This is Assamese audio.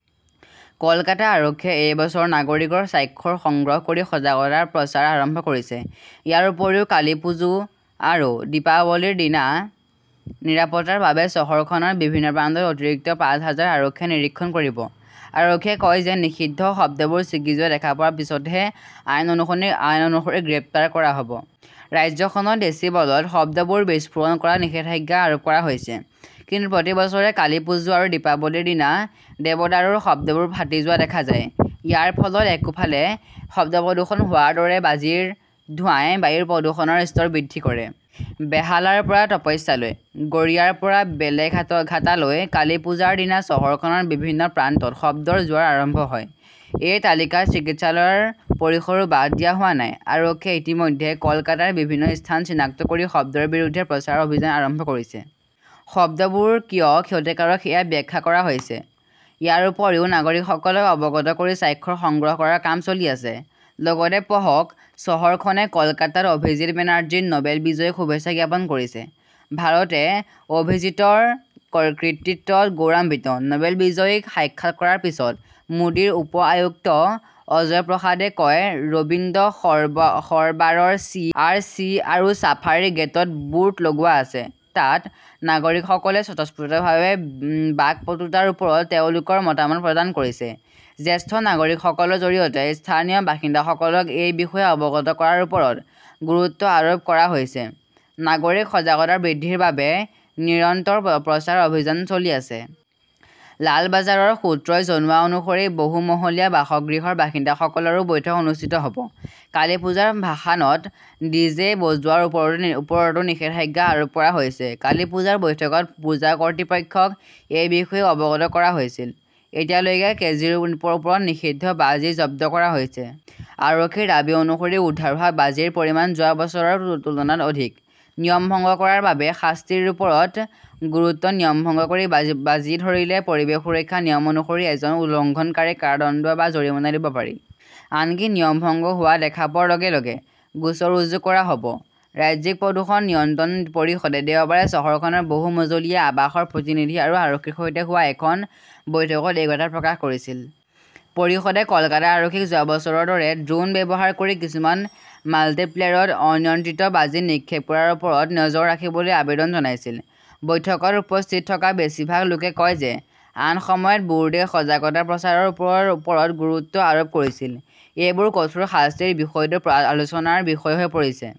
কলকাতা আৰক্ষীয়ে এই বছৰ নাগৰিকৰ স্বাক্ষৰ সংগ্ৰহ কৰি সজাগতা প্ৰচাৰ আৰম্ভ কৰিছে। ইয়াৰ উপৰিও কালিপুজো আৰু দীপাৱলীৰ দিনা নিৰাপত্তাৰ বাবে চহৰখনৰ বিভিন্ন প্ৰান্তত অতিৰিক্ত পাঁচ হাজাৰ আৰক্ষীয়ে নিৰীক্ষণ কৰিব। আৰক্ষীয়ে কয় যে নিষিদ্ধ শব্দবোৰ ছিঙি যোৱা দেখা পোৱাৰ পিছতহে আইন অনুসৰি আইন অনুসৰি গ্ৰেপ্তাৰ কৰা হ'ব। ৰাজ্যখনত ডেচিবলত শব্দবোৰ বিস্ফোৰণ কৰা নিষেধাজ্ঞা আৰোপ কৰা হৈছে। কিন্তু প্ৰতি বছৰে কালীপুজো আৰু দীপাৱলীৰ দিনা দেৱদাৰুৰ শব্দবোৰ ফাটি যোৱা দেখা যায়। ইয়াৰ ফলত একোফালে শব্দ প্ৰদূষণ হোৱাৰ দৰে বাজিৰ ধোঁৱাই বায়ুৰ প্ৰদূষণৰ স্তৰ বৃদ্ধি কৰে। বেহালাৰ পৰা তপস্যালৈ, গড়িয়াৰ পৰা বেলেঘাট ঘাটালৈ-কালিপুজাৰ দিনা চহৰখনৰ বিভিন্ন প্ৰান্তত শব্দৰ জোৱাৰ আৰম্ভ হয়। এই তালিকাৰ চিকিৎসালয়ৰ পৰিসৰো বাদ দিয়া হোৱা নাই। আৰক্ষীয়ে ইতিমধ্যে কলকাতাৰ বিভিন্ন স্থান চিনাক্ত কৰি শব্দৰ বিৰুদ্ধে প্ৰচাৰ অভিযান আৰম্ভ কৰিছে। শব্দবোৰ কিয় ক্ষতিকাৰক সেয়া ব্যাখ্যা কৰা হৈছে। ইয়াৰ উপৰিও নাগৰিকসকলক অৱগত কৰি স্বাক্ষৰ সংগ্ৰহ কৰাৰ কাম চলি আছে। লগতে পঢ়ক চহৰখনে কলকাতাত অভিজিৎ বেনাৰ্জী, নবেল বিজয়ীক শুভেচ্ছা জ্ঞাপন কৰিছে। ভাৰতে অভিজিৎৰ কৰ কৃতিত্বত গৌৰৱান্বিত, নবেল বিজয়ীক সাক্ষাৎ কৰাৰ পিছত মোদীৰ উপ আয়ুক্ত অজয় প্ৰসাদে কয় ৰবীন্দ্ৰ সৰ সৰবাৰৰ চি. আৰ. চি. আৰু ছাফাৰী গেটত বোৰ্ড লগোৱা আছে। তাত নাগৰিকসকলে স্বতঃস্ফূৰ্তভাৱে বাকপটুতাৰ ওপৰত তেওঁলোকৰ মতামত প্ৰদান কৰিছে। জ্যেষ্ঠ নাগৰিকসকলৰ জৰিয়তে স্থানীয় বাসিন্দাসকলক এই বিষয়ে অৱগত কৰাৰ ওপৰত গুৰুত্ব আৰোপ কৰা হৈছে। নাগৰিক সজাগতা বৃদ্ধিৰ বাবে নিৰন্তৰ প প্ৰচাৰ অভিযান চলি আছে। লালবাজাৰৰ সূত্ৰই জনোৱা অনুসৰি বহু মহলীয়া বাসগৃহৰ বাসিন্দাসকলৰো বৈঠক অনুষ্ঠিত হ'ব। কালিপুজাৰ ভাসানত ডিজে বজোৱাৰ ওপৰত ওপৰতো নিষেধাজ্ঞা আৰোপ কৰা হৈছে। কালিপুজাৰ বৈঠকত পূজা কৰ্তৃপক্ষক এই বিষয়ে অৱগত কৰা হৈছিল। এতিয়ালৈকে কেজিৰ ওপৰত নিষিদ্ধ বাজি জব্দ কৰা হৈছে। আৰক্ষীৰ দাবী অনুসৰি উদ্ধাৰ হোৱা বাজিৰ পৰিমাণ যোৱা বছৰৰ তুলনাত অধিক। নিয়ম ভংগ কৰাৰ বাবে শাস্তিৰ ওপৰত গুৰুত্ব নিয়ম ভংগ কৰি বাজি বাজি ধৰিলে পৰিৱেশ সুৰক্ষা নিয়ম অনুসৰি এজন উলংঘনকাৰীক কাৰাদণ্ড বা জৰিমনা দিব পাৰি। আনকি নিয়ম ভংগ হোৱা দেখা পোৱাৰ লগে - লগে গোচৰ ৰুজু কৰা হ'ব। ৰাজ্যিক প্ৰদূষণ নিয়ন্ত্ৰণ পৰিষদে দেওবাৰে চহৰখনৰ বহু মজলীয়া আৱাসৰ প্ৰতিনিধি আৰু আৰক্ষীৰ সৈতে হোৱা এখন বৈঠকত এই কথা প্ৰকাশ কৰিছিল। পৰিষদে কলকাতা আৰক্ষীক যোৱা বছৰৰ দৰে ড্ৰোন ব্যৱহাৰ কৰি কিছুমান মাল্টিপ্লেৰত অনিয়ন্ত্ৰিত বাজি নিক্ষেপ কৰাৰ ওপৰত নজৰ ৰাখিবলৈ আবেদন জনাইছিল। বৈঠকত উপস্থিত থকা বেছিভাগ লোকে কয় যে আন সময়ত বোৰ্ডে সজাগতা প্ৰচাৰৰ ওপৰ ওপৰত গুৰুত্ব আৰোপ কৰিছিল। এইবাৰ কঠোৰ শাস্তিৰ বিষয়টোও আলোচনাৰ বিষয় হৈ পৰিছে।